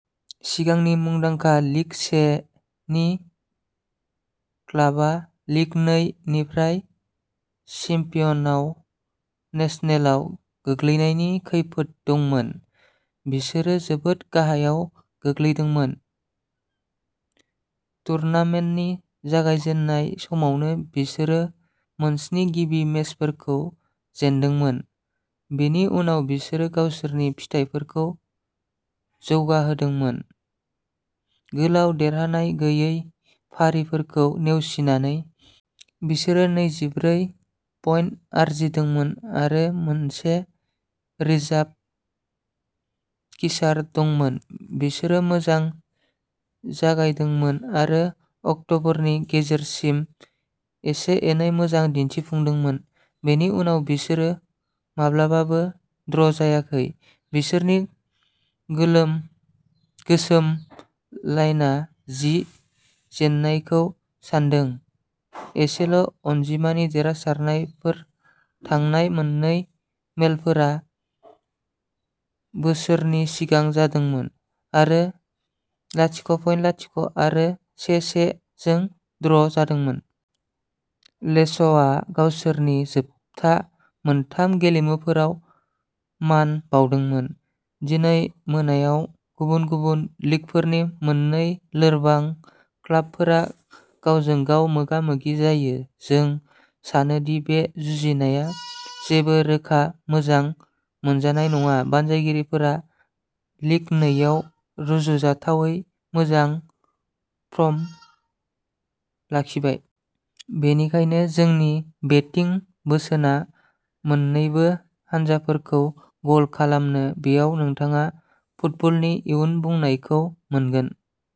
सिगांनि मुंदांखा लिग से नि क्लाबआ लिग नै निफ्राय चेम्पियननाट नेशनेलआव गोग्लैनायनि खैफोद दंमोन। बिसोरो जोबोद गाहायाव गोग्लैदोंमोन। टुर्नामेन्टनि जागायजेन्नाय समावनो। बिसोरो मोनस्नि गिबि मेचफोरखौ जेनदोंमोन। बेनि उनाव बिसोरो गावसोरनि फिथाइफोरखौ जौगाहोदोंमोन, गोलाव देरहानाय गैयै फारिफोरखौ नेवसिनानै। बिसोरो नैजिब्रै पइन्ट आरजिदोंमोन आरो मोनसे रिजार्भ फिक्सार दंमोन। बिसोरो मोजां जागायदोंमोन आरो अक्ट'बरनि गेजेरसिम एसे-एनै मोजां दिन्थिफुंदोंमोन। बेनि उनाव बिसोरो माब्लाबाबो ड्र'जायाखै। बिसोरनि गोसोम लाइनआ जि जेननायखौ सान्दों। एसेल'अनजिमानि देरहानायफोर। थांनाय मोन्नै मेलफोरा बोसोरसे सिगां जादोंमोन आरो लाथिख' पइन्ट लाथिख' आरो से से जों ड्र'जादोंमोन। लेन्सआ गावसोरनि जोबथा मोनथाम गेलेमुफोराव मान बावदोंमोन। दिनै मोनायाव गुबुन-गुबुन लीगफोरनि मोननै लोरबां क्लाबफोरा गावजों-गाव मोगा-मोगि जायो। जों सानो दि बे जुजिनाया जेबो रोखा मोजां मोनजानाय नङा। बानजायग्राफोरा लिग नै आव रुजुथावनायै मोजां फर्म लाखिबाय। बेनिखायनो, जोंनि बेटिं बोसोनआ मोन्नैबो हानजाफोरखौ गल खालामनो। बेयाव नोंथाङा फुटबलनि इयुन बुंनायखौ मोनगोन।